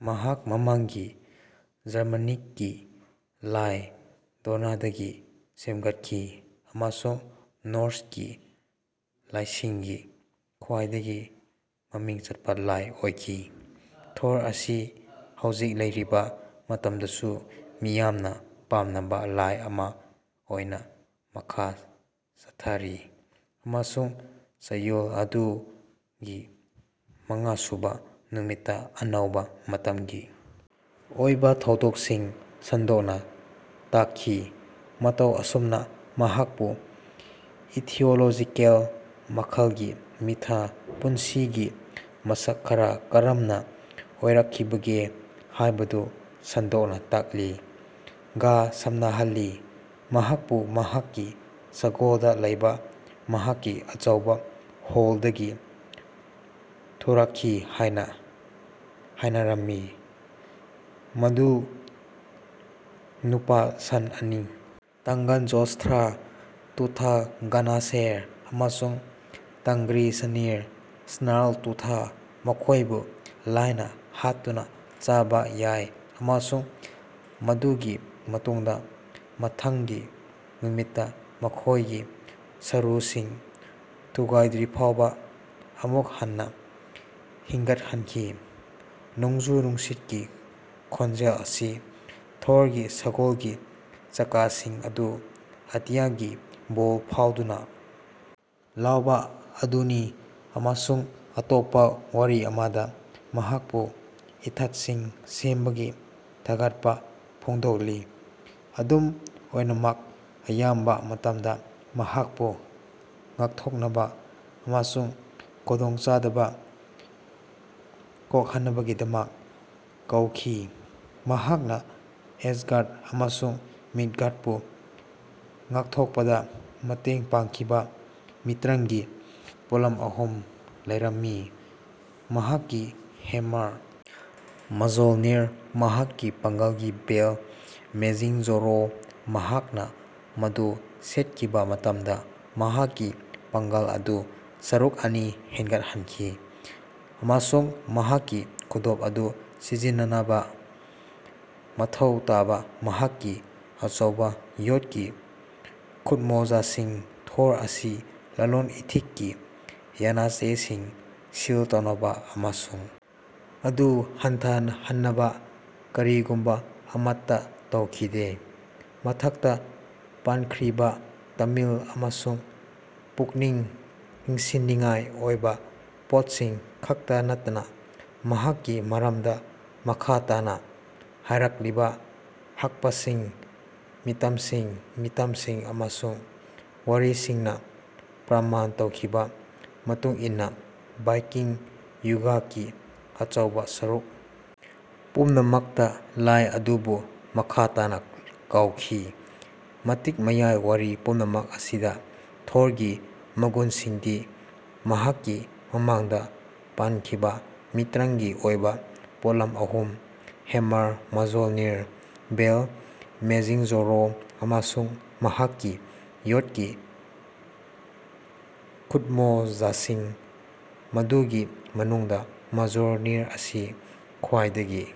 ꯃꯍꯥꯛ ꯃꯃꯥꯡꯒꯤ ꯖꯔꯃꯅꯤꯛꯀꯤ ꯂꯥꯏ ꯗꯣꯅꯥꯔꯗꯒꯤ ꯁꯦꯝꯒꯠꯈꯤ ꯑꯃꯁꯨꯡ ꯅꯣꯔ꯭ꯁꯀꯤ ꯂꯥꯏꯁꯤꯡꯒꯤ ꯈ꯭ꯋꯥꯏꯗꯒꯤ ꯃꯃꯤꯡ ꯆꯠꯄ ꯂꯥꯏ ꯑꯣꯏꯈꯤ꯫ ꯊꯣꯔ ꯑꯁꯤ ꯍꯧꯖꯤꯛ ꯂꯩꯔꯤꯕ ꯃꯇꯝꯗꯁꯨ ꯃꯤꯌꯥꯝꯅ ꯄꯥꯝꯅꯕ ꯂꯥꯏ ꯑꯃ ꯑꯣꯏꯅ ꯃꯈꯥ ꯆꯠꯊꯔꯤ, ꯑꯃꯁꯨꯡ ꯆꯌꯣꯜ ꯑꯗꯨꯒꯤ ꯃꯉꯥꯁꯨꯕ ꯅꯨꯃꯤꯠꯇ ꯑꯅꯧꯕ ꯃꯇꯝꯒꯤ ꯑꯣꯏꯕ ꯊꯧꯗꯣꯛꯁꯤꯡ ꯁꯟꯗꯣꯛꯅ ꯇꯥꯛꯈꯤ, ꯃꯇꯧ ꯑꯁꯨꯝꯅ ꯃꯍꯥꯛꯄꯨ ꯏꯇꯤꯑꯣꯂꯣꯖꯤꯀꯦꯜ ꯃꯈꯜꯒꯤ ꯃꯤꯊ (ꯄꯨꯟꯁꯤꯒꯤ ꯃꯁꯛ ꯈꯔ ꯀꯔꯝꯅ ꯑꯣꯏꯔꯛꯈꯤꯕꯒꯦ ꯍꯥꯏꯕꯗꯨ ꯁꯟꯗꯣꯛꯅ ꯇꯥꯛꯂꯤ)ꯒ ꯁꯝꯅꯍꯜꯂꯤ꯫ ꯃꯍꯥꯛꯄꯨ ꯃꯍꯥꯛꯀꯤ ꯁꯒꯣꯜꯗ ꯂꯩꯕ ꯃꯍꯥꯛꯀꯤ ꯑꯆꯧꯕ ꯍꯣꯜꯗꯒꯤ ꯊꯣꯔꯛꯈꯤ ꯍꯥꯏꯅ ꯍꯥꯏꯅꯔꯝꯃꯤ, ꯃꯗꯨ ꯅꯨꯄꯥ ꯁꯟ ꯑꯅꯤ ꯇꯥꯡꯒꯟꯖꯣꯁ꯭ꯇ꯭ꯔ (ꯇꯨꯊ ꯒꯅꯥꯁꯦꯔ) ꯑꯃꯁꯨꯡ ꯇꯥꯡꯒ꯭ꯔꯤꯁꯅꯤꯔ (ꯁ꯭ꯅꯥꯔꯜ ꯇꯨꯊ) ꯃꯈꯣꯏꯕꯨ ꯂꯥꯏꯅ ꯍꯥꯠꯇꯨꯅ ꯆꯥꯕ ꯌꯥꯏ ꯑꯃꯁꯨꯡ ꯃꯗꯨꯒꯤ ꯃꯇꯨꯡꯗ ꯃꯊꯪꯒꯤ ꯅꯨꯃꯤꯠꯇ ꯃꯈꯣꯏꯒꯤ ꯁꯔꯨꯁꯤꯡ ꯊꯨꯒꯥꯏꯗ꯭ꯔꯤꯐꯥꯎꯕ ꯑꯃꯨꯛ ꯍꯟꯅ ꯍꯤꯡꯒꯠꯍꯟꯈꯤ꯫ ꯅꯣꯡꯖꯨ-ꯅꯨꯡꯁꯤꯠꯀꯤ ꯈꯣꯟꯖꯦꯜ ꯑꯁꯤ ꯊꯣꯔꯒꯤ ꯁꯒꯣꯜꯒꯤ ꯆꯀꯥꯁꯤꯡ ꯑꯗꯨ ꯑꯇꯤꯌꯥꯒꯤ ꯚꯣꯜ꯭ꯇ ꯐꯥꯎꯗꯨꯅ ꯂꯥꯎꯕ ꯑꯗꯨꯅꯤ ꯑꯃꯁꯨꯡ ꯑꯇꯣꯞꯄ ꯋꯥꯔꯤ ꯑꯃꯗ, ꯃꯍꯥꯛꯄꯨ ꯏꯊꯠꯁꯤꯡ ꯁꯦꯝꯕꯒꯤ ꯊꯥꯒꯠꯄ ꯐꯣꯡꯗꯣꯛꯂꯤ꯫ ꯑꯗꯨꯝ ꯑꯣꯏꯅꯃꯛ, ꯑꯌꯥꯝꯕ ꯃꯇꯝꯗ, ꯃꯍꯥꯛꯄꯨ ꯉꯥꯛꯊꯣꯛꯅꯕ ꯑꯃꯁꯨꯡ ꯈꯨꯗꯣꯡꯆꯥꯗꯕ ꯀꯣꯛꯍꯟꯅꯕꯒꯤꯗꯃꯛ ꯀꯧꯈꯤ꯫ ꯃꯍꯥꯛꯅ ꯑꯁꯒꯥꯔ꯭ꯗ ꯑꯃꯁꯨꯡ ꯃꯤꯗꯒꯥꯔ꯭ꯗꯄꯨ ꯉꯥꯛꯊꯣꯛꯄꯗ ꯃꯇꯦꯡ ꯄꯥꯡꯈꯤꯕ ꯃꯤꯇ꯭ꯔꯪꯒꯤ ꯄꯣꯠꯂꯝ ꯑꯍꯨꯝ ꯂꯩꯔꯝꯃꯤ꫰ꯃꯍꯥꯛꯀꯤ ꯍꯦꯝꯃꯔ ꯃꯖꯣꯜꯅꯤꯔ, ꯃꯍꯥꯛꯀꯤ ꯄꯥꯡꯒꯜꯒꯤ ꯕꯦꯜ꯭ꯇ ꯃꯦꯒꯤꯡꯖꯣꯔꯣ (ꯃꯍꯥꯛꯅ ꯃꯗꯨ ꯁꯦꯠꯈꯤꯕ ꯃꯇꯝꯗ ꯃꯍꯥꯛꯀꯤ ꯄꯥꯡꯒꯜ ꯑꯗꯨ ꯁꯔꯨꯛ ꯑꯅꯤ ꯍꯦꯟꯒꯠꯍꯟꯈꯤ), ꯑꯃꯁꯨꯡ ꯃꯍꯥꯛꯀꯤ ꯈꯨꯗꯣꯞ ꯑꯗꯨ ꯁꯤꯖꯤꯟꯅꯅꯕ ꯃꯊꯧ ꯇꯥꯕ ꯃꯍꯥꯛꯀꯤ ꯑꯆꯧꯕ ꯌꯣꯠꯀꯤ ꯈꯨꯠꯃꯣꯖꯥꯁꯤꯡ꯫ ꯊꯣꯔ ꯑꯁꯤ ꯂꯂꯣꯟ-ꯏꯇꯤꯛꯀꯤ ꯌꯥꯅꯆꯦꯁꯤꯡ ꯁꯤꯜ ꯇꯧꯅꯕ ꯑꯃꯁꯨꯡ ꯑꯗꯨ ꯍꯟꯊꯍꯟꯅꯕ ꯀꯔꯤꯒꯨꯝꯕ ꯑꯃꯠꯇ ꯇꯧꯈꯤꯗꯦ꯫ ꯃꯊꯛꯇ ꯄꯟꯈ꯭ꯔꯤꯕ ꯇꯥꯃꯤꯜ ꯑꯃꯁꯨꯡ ꯄꯨꯛꯅꯤꯡ ꯆꯤꯡꯁꯤꯟꯅꯤꯡꯉꯥꯏ ꯑꯣꯏꯕ ꯄꯣꯠꯁꯤꯡ ꯈꯛꯇ ꯅꯠꯇꯅ ꯃꯍꯥꯛꯀꯤ ꯃꯔꯝꯗ ꯃꯈꯥ ꯇꯥꯅ ꯍꯥꯏꯔꯛꯂꯤꯕ ꯍꯛꯄꯁꯤꯡ, ꯃꯤꯇꯝꯁꯤꯡ, ꯃꯤꯇꯝꯁꯤꯡ ꯑꯃꯁꯨꯡ ꯋꯥꯔꯤꯁꯤꯡꯅ ꯄ꯭ꯔꯃꯥꯟ ꯇꯧꯈꯤꯕ ꯃꯇꯨꯡ ꯏꯟꯅ ꯚꯥꯏꯀꯤꯡ ꯌꯨꯒꯀꯤ ꯑꯆꯧꯕ ꯁꯔꯨꯛ ꯄꯨꯝꯅꯃꯛꯇ ꯂꯥꯏ ꯑꯗꯨꯕꯨ ꯃꯈꯥ ꯇꯥꯅ ꯀꯧꯈꯤ꯫ ꯃꯇꯤꯛ ꯃꯌꯥꯏ ꯋꯥꯔꯤ ꯄꯨꯝꯅꯃꯛ ꯑꯁꯤꯗ, ꯊꯣꯔꯒꯤ ꯃꯒꯨꯟꯁꯤꯡꯗꯤ ꯃꯍꯥꯛꯀꯤ ꯃꯃꯥꯡꯗ ꯄꯟꯈꯤꯕ ꯃꯤꯇ꯭ꯔꯪꯒꯤ ꯑꯣꯏꯕ ꯄꯣꯠꯂꯝ ꯑꯍꯨꯝ ꯍꯦꯝꯃꯔ ꯃꯖꯣꯜꯅꯤꯔ, ꯕꯦꯜꯠ ꯃꯦꯒꯤꯡꯖꯣꯔꯣ, ꯑꯃꯁꯨꯡ ꯃꯍꯥꯛꯀꯤ ꯌꯣꯠꯀꯤ ꯈꯨꯠꯃꯣꯖꯥꯁꯤꯡ, ꯃꯗꯨꯒꯤ ꯃꯅꯨꯡꯗ ꯃꯖꯣꯜꯅꯤꯔ ꯑꯁꯤ ꯈ꯭ꯋꯥꯏꯗꯒꯤ